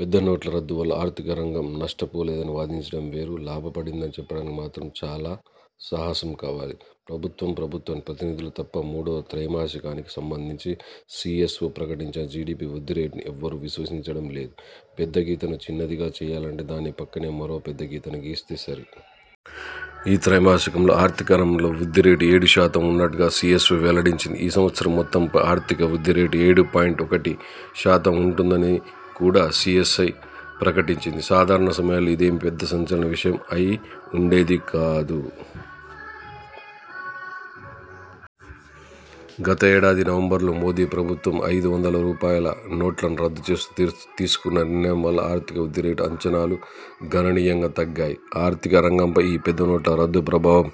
పెద్ద నోట్ల రద్దు వల్ల ఆర్థిక రంగం నష్ట పోలేదని వాదించడం వేరు, లాభ పడిందని చెప్పడానికి మాత్రం చాలా సాహసం కావాలి. ప్రభుత్వం, ప్రభుత్వ ప్రతినిధులు తప్ప మూడో త్రైమాసికానికి సంబంధించి సిఎస్ఒ ప్రకటించిన జిడిపి వృద్ధి రేటును ఎవరూ విశ్వసించడం లేదు. పెద్ద గీతను చిన్నదిగా చేయాలంటే దాని పక్కనే మరో పెద్ద గీతను గీస్తే సరి. ఈ త్రైమాసికంలో ఆర్థిక రంగంలో వృద్ధి రేటు ఏడు శాతం ఉన్నట్టుగా సిఎస్ఒ వెల్లడించింది. ఈ సంవత్సరం మొత్తంపై ఆర్థిక వృద్ధి రేటు ఏడు పాయింట్ ఒకటి శాతం ఉంటుందని కూడా సిఎస్ఐ ప్రకటించింది. సాధారణ సమయాల్లో ఇదేమీ పెద్ద సంచలన విషయం అయి ఉండేది కాదు. గతేడాది నవంబర్లో మోదీ ప్రభుత్వం, ఐదు వందల రూపాయల నోట్లను రద్దు చేస్తూ తీసుకున్న నిర్ణయం వల్ల ఆర్థికవృద్ధి రేటు అంచనాలు గణనీయంగా తగ్గాయి. అర్థిక రంగంపై ఈ పెద్ద నోట్ల రద్దు ప్రభావం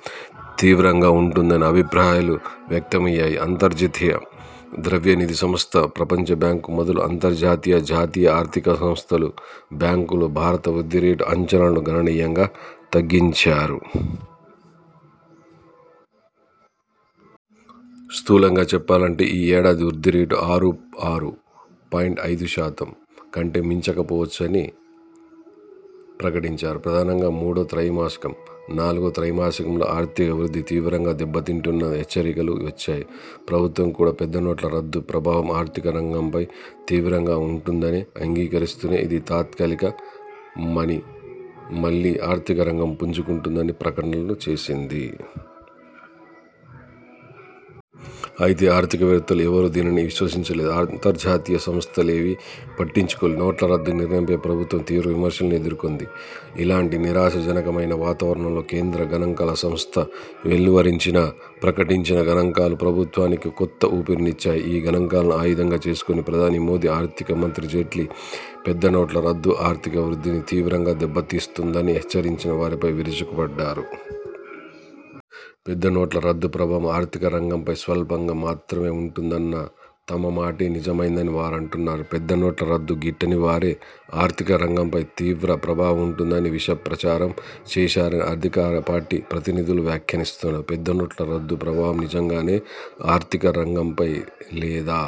తీవ్రంగా ఉంటుందన్న అభిప్రాయాలు వ్యక్తమయ్యాయి. అంతర్జాతీయ ద్రవ్యనిధి సంస్థ, ప్రపంచబ్యాంకు మొదలు అంతర్జాతీయ, జాతీయ ఆర్థిక సంస్థలు బ్యాంకులు భారత వృద్ధి రేటు అంచనలు గణనీయంగా తగ్గించారు. స్థూలంగా చెప్పాలంటే ఈ ఏడాది వృద్ధి రేటు ఆరు, ఆరు పాయింట్ ఐదు శాతం కంటే మించకపోవచ్చని ప్రకటించారు. ప్రధానంగా మూడో త్రైమాసికం, నాలుగో త్రైమాసికంలో ఆర్థిక వృద్ధి తీవ్రంగా దెబ్బతింటుందన్న హెచ్చరికలు వచ్చాయి. ప్రభుత్వం కూడా పెద్ద నోట్ల రద్దు ప్రభావం ఆర్థిక రంగంపై తీవ్రంగా ఉంటుందని అంగీకరిస్తూనే ఇది తాత్కాలిక మనీ, మళ్లీ ఆర్థిక రంగం పుంజుకుంటుందని ప్రకటనలు చేసింది. అయితే ఆర్థిక వేత్తలు ఎవరూ దీనిని విశ్వసించలేదు. అంతర్జాతీయ సంస్థ లేవీ పట్టించుకో. నోట్ల రద్దు నిర్ణయంపై ప్రభుత్వం తీవ్ర విమర్శలనే ఎదుర్కొంది. ఇలాంటి నిరాశజనకమైన వాతావరణంలో, కేంద్ర గణాంకాల సంస్థ వెలువరించిన ప్రకటించిన గణాంకాలు ప్రభుత్వానికి కొత్త ఊపిరినిచ్చాయి. ఈ గణాంకాలను ఆయుధంగా చేసుకొని ప్రధాని మోదీ, ఆర్థిక మంత్రి జైట్లీ, పెద్ద నోట్ల రద్దు ఆర్థిక వృద్ధిని తీవ్రంగా దెబ్బ తీస్తుందని హెచ్చరించిన వారిపై విరుచుకపడ్డారు. పెద్ద నోట్ల రద్దు ప్రభావం ఆర్థిక రంగం పై స్వల్పంగా మాత్రమే ఉంటుందన్న తమ మాటే నిజమైందని వారు అంటున్నారు. పెద్ద నోట్ల రద్దు గిట్టని వారే, ఆర్థిక రంగం పై తీవ్ర ప్రభావం ఉంటుందని విషప్రచారం చేశారని అధికార పార్టీ ప్రతినిధులు వ్యాఖ్యానిస్తున్నారు. పెద్ద నోట్ల రద్దు ప్రభావం నిజంగానే ఆర్థిక రంగంపై లేదా?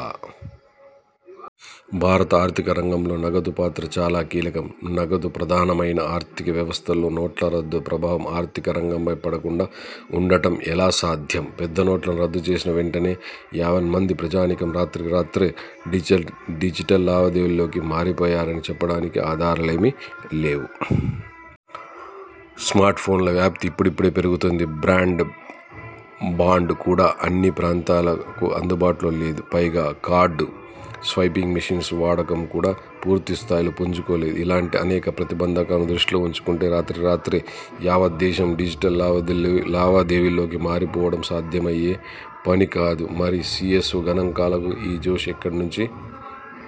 భారత ఆర్థిక రంగంలో నగదు పాత్ర చాలా కీలకం. నగదు ప్రధానమైన ఆర్థిక వ్యవస్థలో నోట్ల రద్దు ప్రభావం ఆర్థిక రంగంపై పడకుండా ఉండటం ఎలా సాధ్యం? పెద్ద నోట్లను రద్దు చేసిన వెంటనే యావన్మంది ప్రజానీకం రాత్రికి రాత్రే డిజిట్ డిజిటల్ లావాదేవీల్లోకి మారిపోయారని చెప్పడానికి ఆధారలేమీ లేవు. స్మార్ట్ ఫోన్ల వ్యాప్తి ఇప్పుడిప్పుడే పెరుగుతోంది. బ్రాండ్ బాండ్ కూడా అన్ని ప్రాంతాలకు అందుబాటులో లేదు. పైగా కార్డు స్వైపింగ్ మెషిన్స్ వాడకం కూడా పూర్తిస్థాయిలో పుంజుకోలేదు. ఇలాంటి అనేక ప్రతిబంధకాలను దృష్టిలో ఉంచుకొంటే రాత్రికి రాత్రే యావత దేశం డిజిటల్ లావాదేవ లావాదేవీల్లోకి మారిపోవడం సాధ్యమయ్యే పనికాదు. మరి సిఎస్ఒ గణాంకాలకు ఈ జోష్ ఎక్కడి నుంచి